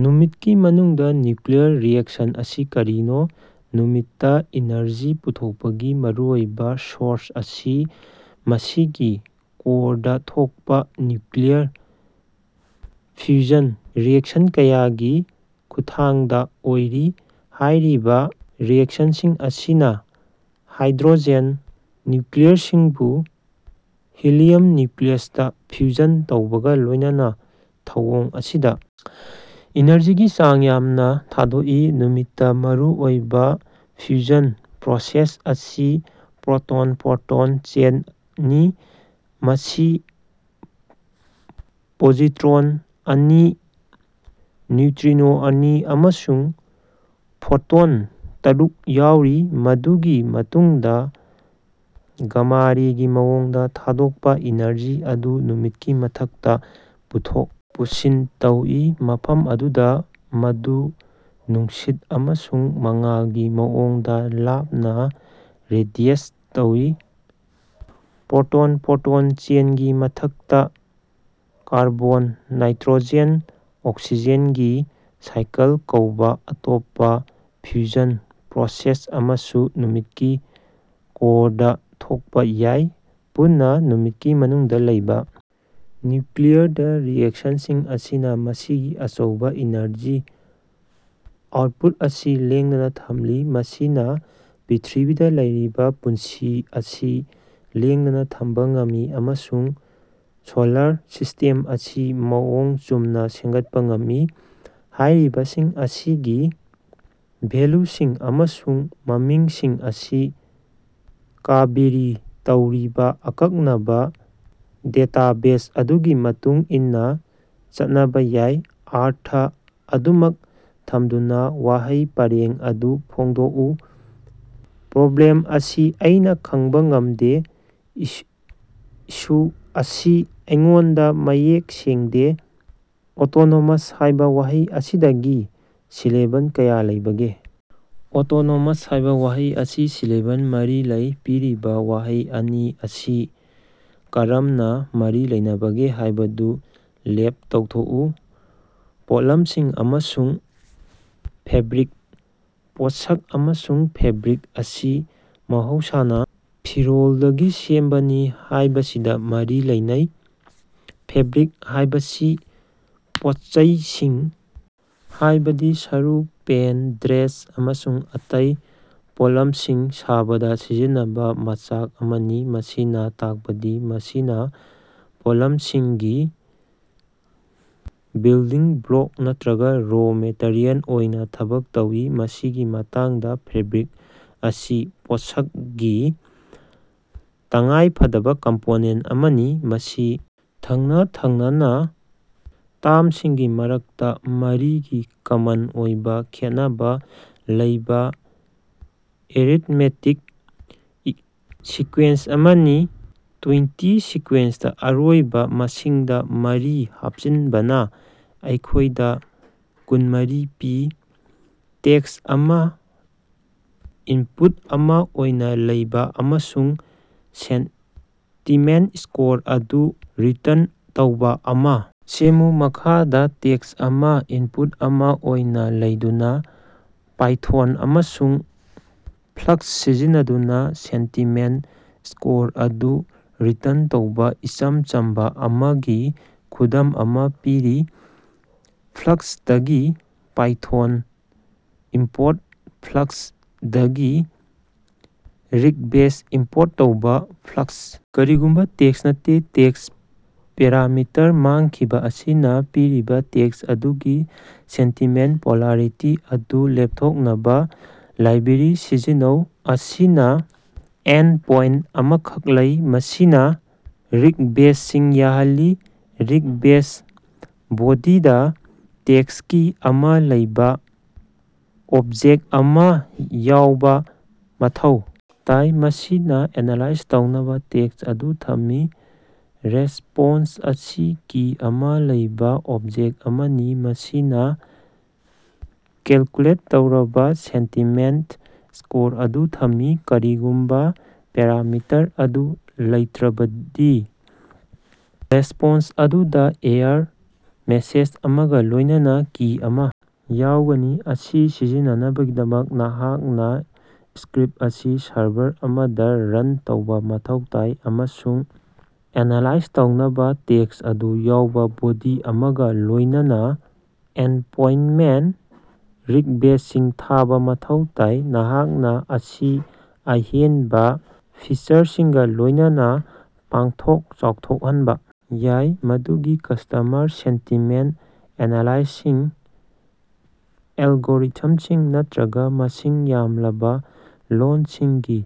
ꯅꯨꯃꯤꯠꯀꯤ ꯃꯅꯨꯡꯗ nuclear reaction ꯑꯁꯤ ꯀꯔꯤꯅꯣ? ꯅꯨꯃꯤꯠꯇ ꯏꯅꯔꯖꯤ ꯄꯨꯊꯣꯛꯄꯒꯤ ꯃꯔꯨꯑꯣꯏꯕ ꯁꯣꯔꯁ ꯑꯁꯤ ꯃꯁꯤꯒꯤ ꯀꯣꯔꯗ ꯊꯣꯛꯄ ꯅ꯭ꯌꯨꯀ꯭ꯂꯤꯌꯔ ꯐ꯭ꯌꯨꯖꯟ ꯔꯤꯑꯦꯛꯁꯟ ꯀꯌꯥꯒꯤ ꯈꯨꯠꯊꯥꯡꯗ ꯑꯣꯏꯔꯤ꯫ ꯍꯥꯏꯔꯤꯕ ꯔꯤꯑꯦꯛꯁꯟꯁꯤꯡ ꯑꯁꯤꯅ ꯍꯥꯏꯗ꯭ꯔꯣꯖꯦꯟ ꯅ꯭ꯌꯨꯀ꯭ꯂꯤꯌꯔꯁꯤꯡꯕꯨ ꯍꯤꯂꯤꯌꯝ ꯅ꯭ꯌꯨꯀ꯭ꯂꯤꯌꯁꯇ ꯐ꯭ꯌꯨꯖꯟ ꯇꯧꯕꯒ ꯂꯣꯏꯅꯅ ꯊꯧꯑꯣꯡ ꯑꯁꯤꯗ ꯏꯅꯔꯖꯤꯒꯤ ꯆꯥꯡ ꯌꯥꯝꯅ ꯊꯥꯗꯣꯛꯏ꯫ ꯅꯨꯃꯤꯠꯇ ꯃꯔꯨ ꯑꯣꯏꯕ ꯐ꯭ꯌꯨꯖꯟ ꯄ꯭ꯔꯣꯁꯦꯁ ꯑꯁꯤ ꯄ꯭ꯔꯣꯇꯣꯟ-ꯄ꯭ꯔꯣꯇꯣꯟ ꯆꯦꯟ ꯅꯤ, ꯃꯁꯤ ꯄꯣꯖꯤꯇ꯭ꯔꯣꯟ ꯑꯅꯤ, ꯅ꯭ꯌꯨꯇ꯭ꯔꯤꯅꯣ ꯑꯅꯤ, ꯑꯃꯁꯨꯡ ꯐꯣꯇꯣꯟ ꯇꯔꯨꯛ ꯌꯥꯎꯔꯤ꯫ ꯃꯗꯨꯒꯤ ꯃꯇꯨꯡꯗ ꯒꯥꯃꯥ ꯔꯦꯒꯤ ꯃꯑꯣꯡꯗ ꯊꯥꯗꯣꯛꯄ ꯑꯦꯅꯔꯖꯤ ꯑꯗꯨ ꯅꯨꯃꯤꯠꯀꯤ ꯃꯊꯛꯇ ꯄꯨꯊꯣꯛ ꯄꯨꯁꯤꯟ ꯇꯧꯏ, ꯃꯐꯝ ꯑꯗꯨꯗ ꯃꯗꯨ ꯅꯨꯡꯁꯤꯠ ꯑꯃꯁꯨꯡ ꯃꯉꯥꯜꯒꯤ ꯃꯑꯣꯡꯗ ꯂꯥꯞꯅ ꯔꯦꯗꯤꯑꯦꯠ ꯇꯧꯏ꯫ ꯄ꯭ꯔꯣꯇꯣꯟ-ꯄ꯭ꯔꯣꯇꯣꯟ ꯆꯦꯟꯒꯤ ꯃꯊꯛꯇ, ꯀꯥꯔꯕꯣꯟ- ꯅꯥꯏꯇ꯭ꯔꯣꯖꯦꯟ- ꯑꯣꯛꯁꯤꯖꯦꯟ ꯒꯤ ꯁꯥꯏꯀꯜ ꯀꯧꯕ ꯑꯇꯣꯞꯄ ꯐ꯭ꯌꯨꯖꯟ ꯄ꯭ꯔꯣꯁꯦꯁ ꯑꯃꯁꯨ ꯅꯨꯃꯤꯠꯀꯤ ꯀꯣꯔꯗ ꯊꯣꯛꯄꯥ ꯌꯥꯏ꯫ ꯄꯨꯟꯅ ꯅꯨꯃꯤꯠꯀꯤ ꯃꯅꯨꯡꯗ ꯂꯩꯕ ꯅ꯭ꯌꯨꯀ꯭ꯂꯤꯌꯔꯗ ꯔꯤꯑꯦꯛꯁꯟꯁꯤꯡ ꯑꯁꯤꯅ ꯃꯁꯤꯒꯤ ꯑꯆꯧꯕ ꯏꯅꯔꯖꯤ ꯑꯥꯎꯠꯄꯨꯠ ꯑꯁꯤ ꯂꯦꯡꯗꯅ ꯊꯝꯂꯤ, ꯃꯁꯤꯅ ꯄ꯭ꯔꯤꯊꯤꯕꯤꯗ ꯂꯩꯔꯤꯕ ꯄꯨꯟꯁꯤ ꯑꯁꯤ ꯂꯦꯡꯗꯅ ꯊꯝꯕ ꯉꯝꯃꯤ ꯑꯃꯁꯨꯡ ꯁꯣꯂꯔ ꯁꯤꯁ꯭ꯇꯦꯝ ꯑꯁꯤ ꯃꯑꯣꯡ ꯆꯨꯝꯅ ꯁꯦꯝꯒꯠꯄ ꯉꯝꯃꯤ꯫ ꯍꯥꯏꯔꯤꯕꯁꯤꯡ ꯑꯁꯤꯒꯤ ꯚꯦꯜꯌꯨꯁꯤꯡ ꯑꯃꯁꯨꯡ ꯃꯃꯤꯡꯁꯤꯡ ꯑꯁꯤ ꯀꯥꯕꯦꯔꯤ ꯇꯧꯔꯤꯕ ꯑꯀꯛꯅꯕ ꯗꯦꯇꯥꯕꯦꯖ ꯑꯗꯨꯒꯤ ꯃꯇꯨꯡ ꯏꯟꯅ ꯆꯠꯅꯕ ꯌꯥꯏ꯫ ꯑꯔꯊ ꯑꯗꯨꯃꯛ ꯊꯝꯗꯨꯅ ꯋꯥꯍꯩ ꯄꯔꯦꯡ ꯑꯗꯨ ꯍꯣꯡꯗꯣꯛꯎ꯫ ꯄ꯭ꯔꯣꯕ꯭ꯂꯦꯝ ꯑꯁꯤ ꯑꯩꯅ ꯈꯪꯕ ꯉꯝꯗꯦ꯫ ꯏꯁꯨ ꯏꯁꯨ ꯑꯁꯤ ꯑꯩꯉꯣꯟꯗ ꯃꯌꯦꯛ ꯁꯦꯡꯗꯦ꯫ ꯑꯣꯇꯣꯅꯣꯃꯁ ꯍꯥꯏꯕ ꯋꯥꯍꯩ ꯑꯁꯤꯗꯒꯤ ꯁꯤꯂꯦꯕꯜ ꯀꯌꯥ ꯂꯩꯕꯒꯦ? ꯑꯣꯇꯣꯅꯣꯃꯁ ꯍꯥꯏꯕ ꯋꯥꯍꯩ ꯑꯁꯤꯒꯤ ꯁꯤꯂꯦꯕꯜ ꯃꯔꯤ ꯂꯩ꯫ ꯄꯤꯔꯤꯕ ꯋꯥꯍꯩ ꯑꯅꯤ ꯑꯁꯤ ꯀꯔꯝꯅ ꯃꯔꯤ ꯂꯩꯅꯕꯒꯦ ꯍꯥꯏꯕꯗꯨ ꯂꯦꯞ ꯇꯧꯊꯣꯛꯎ꯫ ꯄꯣꯠꯂꯝꯁꯤꯡ ꯑꯃꯁꯨꯡ ꯐꯦꯕ꯭ꯔꯤꯛ꯫ ꯄꯣꯠꯁꯛ ꯑꯃꯁꯨꯡ ꯐꯦꯕ꯭ꯔꯤꯛ ꯑꯁꯤ ꯃꯍꯧꯁꯥꯅ ꯐꯤꯔꯣꯜꯗꯒꯤ ꯁꯦꯝꯕꯅꯤ ꯍꯥꯏꯕꯁꯤꯗ ꯃꯔꯤ ꯂꯩꯅꯩ꯫ ꯐꯦꯕ꯭ꯔꯤꯛ ꯍꯥꯏꯕꯁꯤ ꯄꯣꯠꯆꯩꯁꯤꯡ ꯍꯥꯏꯕꯗꯤ ꯁꯔꯨꯛ, ꯄꯦꯟꯠ, ꯗ꯭ꯔꯦꯁ, ꯑꯃꯁꯨꯡ ꯑꯇꯩ ꯄꯣꯠꯂꯝꯁꯤꯡ ꯁꯥꯕꯗ ꯁꯤꯖꯤꯟꯅꯕ ꯃꯆꯥꯛ ꯑꯃꯅꯤ, ꯃꯁꯤꯅ ꯇꯥꯛꯄꯗꯤ ꯃꯁꯤꯅ ꯄꯣꯠꯂꯝꯁꯤꯡꯒꯤ ꯕꯤꯜꯗꯤꯡ ꯕ꯭ꯂꯣꯛ ꯅꯠꯇ꯭ꯔꯒ ꯔꯣ ꯃꯦꯇꯔꯤꯌꯦꯜ ꯑꯣꯏꯅ ꯊꯕꯛ ꯇꯧꯏ꯫ ꯃꯁꯤꯒꯤ ꯃꯇꯥꯡꯗ ꯐꯦꯕ꯭ꯔꯤꯛ ꯑꯁꯤ ꯄꯣꯠꯁꯛ ꯒꯤ ꯇꯉꯥꯏꯐꯗꯕ ꯀꯝꯄꯣꯅꯦꯟꯠ ꯑꯃꯅꯤ꯫ ꯃꯁꯤ ꯊꯪꯅ-ꯊꯪꯅꯅ ꯇꯔꯝꯁꯤꯡꯒꯤ ꯃꯔꯛꯇ ꯃꯔꯤꯒꯤ ꯀꯃꯟ ꯑꯣꯏꯕ ꯈꯦꯠꯅꯕ ꯂꯩꯕ ꯑꯦꯔꯤꯊꯃꯦꯇꯤꯛ ꯁꯤꯀꯨ꯭ꯌꯦꯟꯁ ꯑꯃꯅꯤ꯫ ꯇꯨ꯭ꯋꯦꯟꯇꯤ ꯁꯤꯀꯨ꯭ꯌꯦꯟꯁꯇ ꯑꯔꯣꯏꯕ ꯃꯁꯤꯡꯗ ꯃꯔꯤ ꯍꯥꯞꯆꯤꯟꯕꯅ ꯑꯩꯈꯣꯏꯗ ꯀꯨꯟꯃꯔꯤ ꯄꯤ꯫ ꯇꯦꯛꯁ ꯑꯃ ꯏꯟꯄꯨꯠ ꯑꯃ ꯑꯣꯏꯅ ꯂꯧꯕ ꯑꯃꯁꯨꯡ ꯁꯦꯟꯇꯤꯃꯦꯟꯠ ꯁ꯭ꯀꯣꯔ ꯑꯗꯨ ꯔꯤꯇꯔꯟ ꯇꯧꯕ ꯑꯃ ꯁꯦꯝꯃꯨ꯫ ꯃꯈꯥꯗ ꯇꯦꯛꯁ ꯑꯃꯥ ꯏꯟꯄꯨꯠ ꯑꯃ ꯑꯣꯏꯅ ꯂꯧꯗꯨꯅ ꯄꯥꯏꯊꯣꯟ ꯑꯃꯁꯨꯡ ꯐ꯭ꯂꯥꯛꯁ ꯁꯤꯖꯤꯟꯅꯗꯨꯅ ꯁꯦꯟꯇꯤꯃꯦꯟꯠ ꯁ꯭ꯀꯣꯔ ꯑꯗꯨ ꯔꯤꯇꯔꯟ ꯇꯧꯕ ꯏꯆꯝ ꯆꯝꯕ ꯑꯃꯒꯤ ꯈꯨꯗꯝ ꯑꯃ ꯄꯤꯔꯤ꯫ ꯐ꯭ꯂꯥꯛꯁ ꯇꯒꯤ ꯄꯥꯏꯊꯣꯟ ꯏꯝꯄꯣꯔꯠ ꯐ꯭ꯂꯥꯛꯁ, ꯗꯒꯤ ꯔꯤꯛꯕꯦꯁ ꯏꯝꯄꯣꯔꯠ ꯇꯧꯕ ꯐ꯭ꯂꯥꯛꯁ꯫ ꯀꯔꯤꯒꯨꯝꯕ ꯇꯦꯛꯁ ꯅꯠꯇꯦ: ꯇꯦꯛꯁ ꯄꯦꯔꯥꯃꯤꯇꯔ ꯃꯥꯡꯈꯤꯕ ꯑꯁꯤꯅ ꯄꯤꯔꯤꯕ ꯇꯦꯛꯁ ꯑꯗꯨꯒꯤ ꯁꯦꯟꯇꯤꯃꯦꯟꯠ ꯄꯣꯂꯥꯔꯤꯇꯤ ꯑꯗꯨ ꯂꯦꯞꯊꯣꯛꯅꯕ ꯂꯥꯏꯕ꯭ꯔꯦꯔꯤ ꯁꯤꯖꯤꯟꯅꯧ꯫ ꯑꯁꯤꯅ ꯑꯦꯟꯗꯄꯣꯏꯟꯠ ꯑꯃꯈꯛ ꯂꯩ, ꯃꯁꯤꯅ ꯔꯤꯛꯕꯦꯁꯁꯤꯡ ꯌꯥꯍꯜꯂꯤ꯫ ꯔꯤꯛꯕꯦꯁ ꯕꯣꯗꯤꯗ ꯇꯦꯛꯁ ꯀꯤ ꯑꯃ ꯂꯩꯕ ꯑꯣꯕꯖꯦꯛ ꯑꯃ ꯌꯥꯎꯕ ꯃꯊꯧ ꯇꯥꯏ, ꯃꯁꯤꯅ ꯑꯦꯅꯥꯂꯥꯏꯖ ꯇꯧꯅꯕ ꯇꯦꯛꯁ ꯑꯗꯨ ꯊꯝꯃꯤ꯫ ꯔꯦꯁꯄꯣꯟꯁ ꯑꯁꯤ ꯀꯤ ꯑꯃ ꯂꯩꯕ ꯑꯣꯕꯖꯦꯛ ꯑꯃꯅꯤ, ꯃꯁꯤꯅ ꯀꯦꯜꯀꯨꯂꯦꯠ ꯇꯧꯔꯕ ꯁꯦꯟꯇꯤꯃꯦꯟꯠ ꯁ꯭ꯀꯣꯔ ꯑꯗꯨ ꯊꯝꯃꯤ꯫ ꯀꯔꯤꯒꯨꯝꯕ ꯄꯦꯔꯥꯃꯤꯇꯔ ꯑꯗꯨ ꯂꯩꯇ꯭ꯔꯕꯗꯤ, ꯔꯦꯁꯄꯣꯟꯁ ꯑꯗꯨꯗ ꯑꯦꯔꯔ ꯃꯦꯁꯦꯖ ꯑꯃꯒ ꯂꯣꯏꯅꯅ ꯀꯤ ꯑꯃ ꯌꯥꯎꯒꯅꯤ, ꯑꯁꯤ ꯁꯤꯖꯤꯟꯅꯅꯕꯒꯤꯗꯃꯛ, ꯅꯍꯥꯛꯅ ꯁ꯭ꯀꯔꯤꯞ ꯑꯁꯤ ꯁꯔꯚꯔ ꯑꯃꯗ ꯔꯟ ꯇꯧꯕ ꯃꯊꯧ ꯇꯥꯏ ꯑꯃꯁꯨꯡ ꯑꯦꯅꯥꯂꯥꯏꯖ ꯇꯧꯅꯕ ꯇꯦꯛꯁ ꯑꯗꯨ ꯌꯥꯎꯕ ꯕꯣꯗꯤ ꯑꯃꯒ ꯂꯣꯏꯅꯅ ꯑꯦꯟꯄꯣꯏꯟꯠꯇ ꯔꯤꯛꯕꯦꯁꯁꯤꯡ ꯊꯥꯕ ꯃꯊꯧ ꯇꯥꯏ꯫ ꯅꯍꯥꯛꯅ ꯑꯁꯤ ꯑꯍꯦꯟꯕ ꯐꯤꯆꯔꯁꯤꯡꯒ ꯂꯣꯏꯅꯅ ꯄꯥꯡꯊꯣꯛ ꯆꯥꯎꯊꯣꯛꯍꯟꯕ ꯌꯥꯏ, ꯃꯗꯨꯗꯤ ꯀꯁꯇꯃꯔ ꯁꯦꯟꯇꯤꯃꯦꯟꯠ ꯑꯦꯅꯥꯂꯥꯏꯁꯤꯁ ꯑꯦꯜꯒꯣꯔꯤꯊꯝꯁꯤꯡ ꯅꯠꯇ꯭ꯔꯒ ꯃꯁꯤꯡ ꯌꯥꯝꯂꯕ ꯂꯣꯜꯁꯤꯡꯒꯤ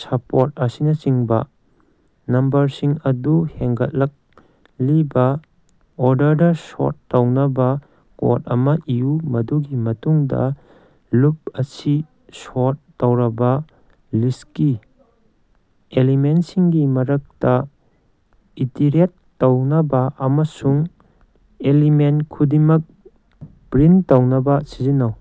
ꯁꯄꯣꯔꯠ ꯑꯁꯤꯅꯆꯤꯡꯕ꯫ ꯅꯝꯕꯔꯁꯤꯡ ꯑꯗꯨ ꯍꯦꯟꯒꯠꯂꯛꯂꯤꯕ ꯑꯣꯔꯗꯔꯗ ꯁꯣꯔꯠ ꯇꯧꯅꯕ ꯀꯣꯗ ꯑꯃ ꯏꯌꯨ꯫ ꯃꯗꯨꯒꯤ ꯃꯇꯨꯡꯗ ꯂꯨꯞ ꯑꯁꯤ ꯁꯣꯔꯠ ꯇꯧꯔꯕ ꯂꯤꯁꯀꯤ ꯑꯦꯂꯤꯃꯦꯟꯠꯁꯤꯡꯒꯤ ꯃꯔꯛꯇ ꯏꯇꯤꯔꯦꯠ ꯇꯧꯅꯕ ꯑꯃꯁꯨꯡ ꯑꯦꯂꯤꯃꯦꯟꯠ ꯈꯨꯗꯤꯡꯃꯛ ꯄ꯭ꯔꯤꯟꯠ ꯇꯧꯅꯕ ꯁꯤꯖꯤꯟꯅꯧ꯫